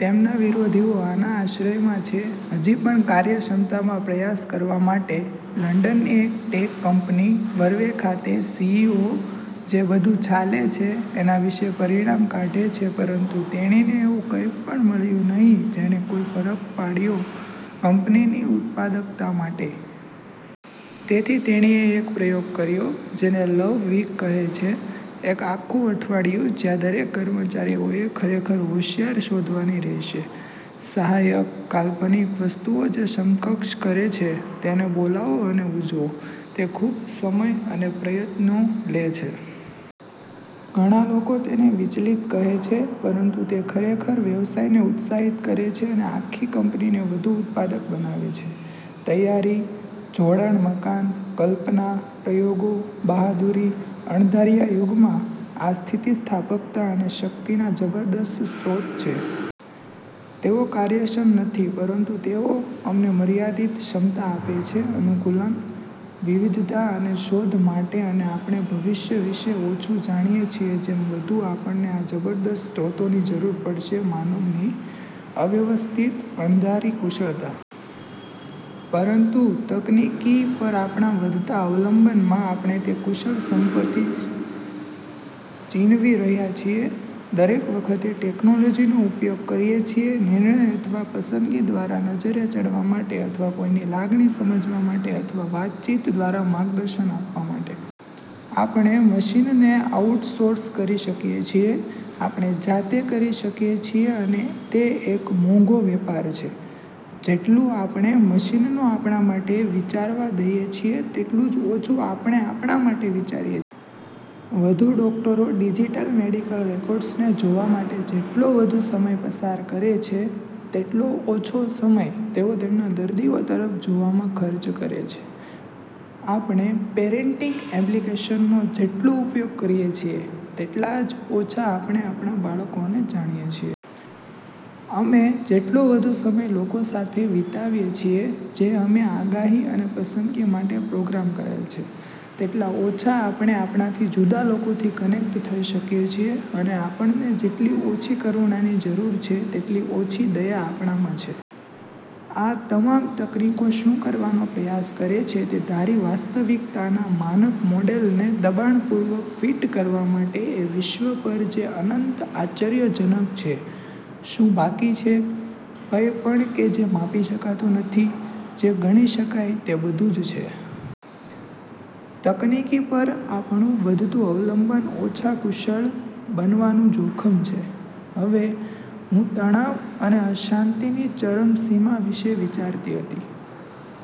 તેમના વિરોધીઓ આના આશ્ચર્યમાં છે હજી પણ કાર્યક્ષમતામાં પ્રયાસ કરવા માટે. લંડનની એક ટેક કંપની વર્વે ખાતે સી.ઇ.ઓ જે બધું ચાલે છે એના વિશે પરિણામ કાઢે છે પરંતુ તેણીને એવું કંઈપણ મળ્યું નહીં કે જેણે કોઈ ફરક પાડ્યો કંપનીની ઉત્પાદકતા માટે. તેથી તેણીએ એક પ્રયોગ કર્યો જેને "લવ વીક" કહે છે. એક આખું અઠવાડિયું જ્યાં દરેક કર્મચારીઓએ ખરેખર હોંશિયાર શોધવાની રહેશે, સહાયક, કાલ્પનિક વસ્તુઓ જે સમકક્ષ કરે છે. તેને બોલાવો અને ઉજવો. તે ખૂબ સમય અને પ્રયત્નો લે છે. ઘણા લોકો તેને વિચલિત કહે છે પરંતુ તે ખરેખર વ્યવસાયને ઉત્સાહિત કરે છે અને આખી કંપનીને વધુ ઉત્પાદક બનાવે છે. તૈયારી, જોડાણ-મકાન, કલ્પના, પ્રયોગો, બહાદુરી, અણધાર્યા યુગમાં, આ સ્થિતિસ્થાપકતા અને શક્તિના જબરદસ્ત સ્રોત છે. તેઓ કાર્યક્ષમ નથી પરંતુ તેઓ અમને મર્યાદિત ક્ષમતા આપે છે અનુકૂલન, વિવિધતા અને શોધ માટે અને આપણે ભવિષ્ય વિશે ઓછું જાણીએ છીએ જેમ વધુ આપણને આ જબરદસ્ત સ્ત્રોતોની જરૂર પડશે માનવની, અવ્યવસ્થિત, અણધારી કુશળતા. પરંતુ તકનીકી પર આપણાં વધતા અવલંબનમાં આપણે તે કુશળ સંપત્તિ છીનવી રહ્યા છીએ. દરેક વખતે ટેકનોલોજીનો ઉપયોગ કરીએ છીએ નિર્ણય અથવા પસંદગી દ્વારા નજરે ચડવા માટે અથવા કોઈની લાગણી સમજવા માટે અથવા વાતચીત દ્વારા માર્ગદર્શન આપવા માટે. આપણે મશીનને આઉટસોર્સ કરી શકીએ છીએ, આપણે જાતે કરી શકીએ છીએ અને તે એક મોંઘો વેપાર છે. જેટલું આપણે મશીનો આપણા માટે વિચારવા દઈએ છીએ, તેટલું જ ઓછું આપણે આપણા માટે વિચારીએ વધુ ડોકટરો ડિજિટલ મેડિકલ રેકોર્ડ્સને જોવા માટે જેટલો વધુ સમય પસાર કરે છે, તેટલો ઓછો સમય તેઓ તેમના દર્દીઓ તરફ જોવામાં ખર્ચ કરે છે. આપણે પેરેંન્ટિંગ એપ્લિકેશનનો જેટલો ઉપયોગ કરીએ છીએ, તેટલા જ ઓછા આપણે આપણા બાળકોને જાણીએ છીએ. અમે જેટલો વધુ સમય લોકો સાથે વિતાવીએ છીએ જે અમે આગાહી અને પસંદગી માટે પ્રોગ્રામ કરેલ છે, તેટલા ઓછા આપણે આપણાથી જુદા લોકોથી કનેક્ટ થઈ શકીએ છીએ. અને આપણને જેટલી ઓછી કરુણાની જરૂર છે, તેટલી ઓછી દયા આપણામાં છે. આ તમામ તકનીકો શું કરવાનો પ્રયાસ કરે છે તે ધારી વાસ્તવિકતાના માનક મોડેલને દબાણપૂર્વક ફિટ કરવા માટે એ વિશ્વ પર જે અનંત આશ્ચર્યજનક છે. શું બાકી છે? કંઈ પણ કે જે માપી શકાતું નથી, જે ગણી શકાય તે બધું જ છે. તકનીકી પર આપણું વધતું અવલંબન ઓછા કુશળ બનવાનું જોખમ છે. હવે, હું તણાવ અને અશાંતિની ચરમસીમા વિશે વિચારતી હતી.